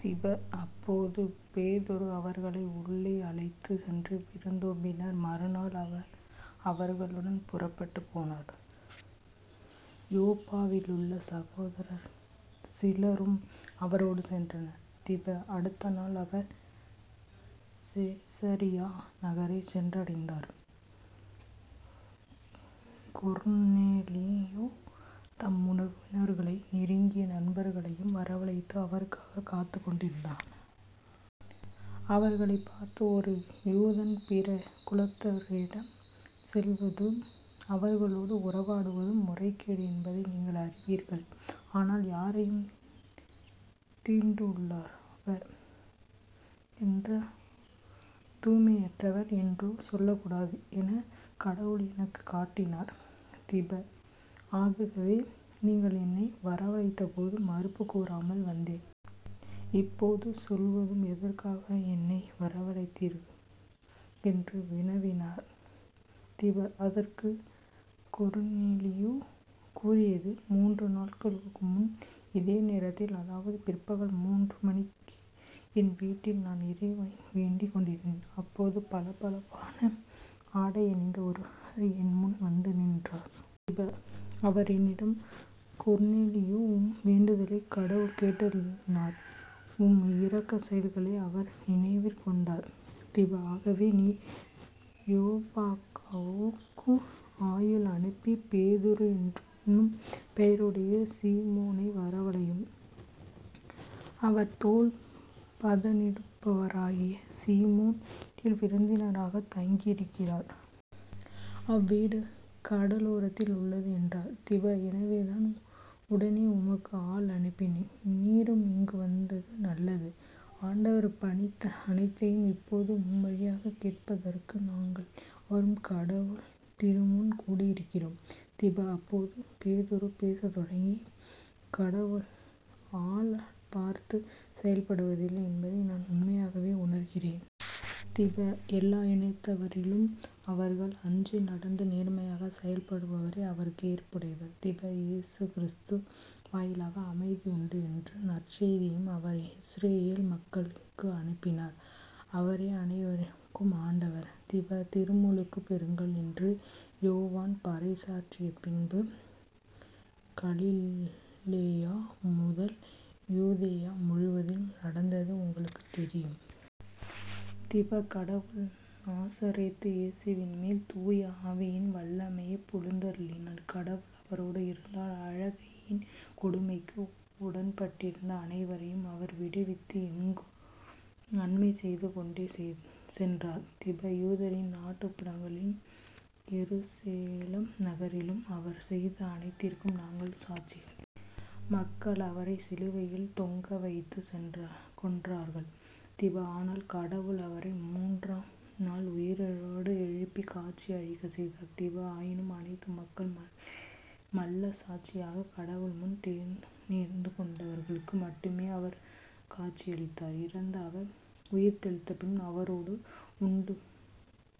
திப. அப்போது பேதுரு அவர்களை உள்ளே அழைத்துச் சென்று விருந்தோம்பினார். மறுநாள் அவர் அவர்களுடன் புறப்பட்டுப் போனார். யோப்பாவிலுள்ள சகோதரர் சிலரும் அவரோடு சென்றனர். திப. அடுத்த நாள் அவர் செசரியா நகரைச் சென்றடைந்தார். கொர்னேலியு தம் உறவினர்களையும் நெருங்கிய நண்பர்களையும் வரவழைத்து அவருக்காகக் காத்துக் கொண்டிருந்தார். அவர்களைப் பார்த்து " ஒரு யூதன் பிற குலத்தவரிடம் செல்வதும், அவர்களோடு உறவாடுவதும் முறைகேடு என்பதை நீங்கள் அறிவீர்கள். ஆனால் யாரையும் தீட்டுள்ளவர் என்றோ தூய்மையற்றவர் என்றோ சொல்லக்கூடாது எனக் கடவுள் எனக்குக் காட்டினார். திப. ஆகவே நீங்கள் என்னை வரவழைத்தபோது மறுப்புக் கூறாமல் வந்தேன். இப்போது சொல்வதும் எதற்காக என்னை வரவழைத்தீர்? என்று வினவினார். திப. அதற்கு கொர்னேலியு கூறியது " மூன்று நாள்களுக்குமுன் இதே நேரத்தில் அதாவது பிற்பகல் மூன்று மணிக்கு என் வீட்டில் நான் இறைவனிடம் வேண்டிக் கொண்டிருந்தேன். அப்போது பளபளப்பான ஆடையணிந்த ஒருவர் என்முன் வந்து நின்றார். திப. அவர் என்னிடம் " கொர்னேலியு உம் வேண்டுதலைக் கடவுள் கேட்டருளினார். உம் இரக்கச் செயல்களை அவர் நினைவிற் கொண்டார். திப. ஆகவே நீர் யோப்பாவுக்கு ஆள் அனுப்பிப் பேதுரு என்னும் பெயருடைய சீமோனை வரவழையும். அவர் தோல் பதனிடுபவராகிய சீமோன் வீட்டில் விருந்தினராகத் தங்கியிருக்கிறார். அவ்வீடு கடலோரத்தில் உள்ளது " என்றார். திப. எனவேதான் உடனே உமக்கு ஆள் அனுப்பினேன். நீரும் இங்கு வந்தது நல்லது. ஆண்டவர் பணித்த அனைத்தையும் இப்போதும் உம் வழியாகக் கேட்பதற்கு நாங்கள் யாவரும் கடவுள் திருமுன் கூடியிருக்கிறோம். " திப. அப்போது பேதுரு பேசத் தொடங்கி " கடவுள் ஆள் பார்த்துச் செயல்படுவதில்லை என்பதை நான் உண்மையாகவே உணர்கிறேன். திப. எல்லா இனத்தவரிலும் அவருக்கு அஞ்சி நடந்து நேர்மையாகச் செயல்படுபவரே அவருக்கு ஏற்புடையவர். திப. இயேசு கிறிஸ்து வாயிலாக அமைதி உண்டு என்றும் நற்செய்தியை அவர் இஸ்ரயேல் மக்களுக்கு அனுப்பினார். அவரே அனைவருக்கும் ஆண்டவர். திப. திருமுழுக்குப் பெறுங்கள் என்று யோவான் பறைசாற்றியபின்பு கலிலேயாமுதல் யூதேயா முழுவதிலும் நடந்தது உங்களுக்குத் தெரியும். திப. கடவுள் நாசரேத்து இயேசுவின்மேல் தூய ஆவியின் வல்லமையைப் பொழிந்தருளினார். கடவுள் அவரோடு இருந்தால் அலகையின் கொடுமைக்கு உட்பட்டிருந்த அனைவரையும் அவர் விடுவித்து எங்கும் நன்மை செய்து கொண்டே சென்றார். திப. யூதரின் நாட்டுப் புறங்களிலும் எருசலேம் நகரிலும் அவர் செய்த அனைத்திற்கும் நாங்கள் சாட்சிகள். மக்கள் அவரைச் சிலுவையில் தொங்கவைத்துக் கொன்றார்கள். திப. ஆனால் கடவுள் அவரை மூன்றாம் நாள் உயிரோடு எழுப்பிக் காட்சி அளிக்கச் செய்தார். திப. ஆயினும் அனைத்து மக்களுக்கு மல்ல சாட்சிகளாகக் கடவுள் முன் தேர்ந்துகொண்டவர்களுக்கு மட்டுமே அவர் காட்சியளித்தார். இறந்த அவர் உயிர்த்தெழுந்தபின்பு அவரோடு உண்டு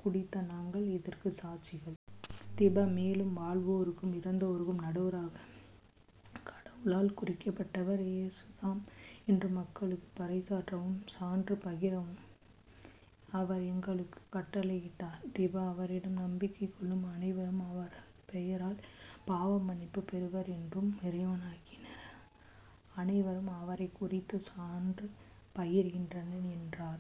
குடித்த நாங்களே இதற்குச் சாட்சிகள். திப. மேலும் வாழ்வோருக்கும் இறந்தோருக்கும் நடுவராகக் கடவுளால் குறிக்கப்பட்டவர் இயேசுதாம் என்று மக்களுக்குப் பறைசாற்றவும், சான்று பகரவும் அவர் எங்களுக்குக் கட்டளையிட்டார். திப. அவரிடம் நம்பிக்கை கொள்ளும் அனைவரும் அவரது பெயரால் பாவமன்னிப்புப் பெறுவர் என்று இறைவாக்கினர் அனைவரும் அவரைக்குறித்துச் சான்று பகர்கின்றனர் " என்றார்.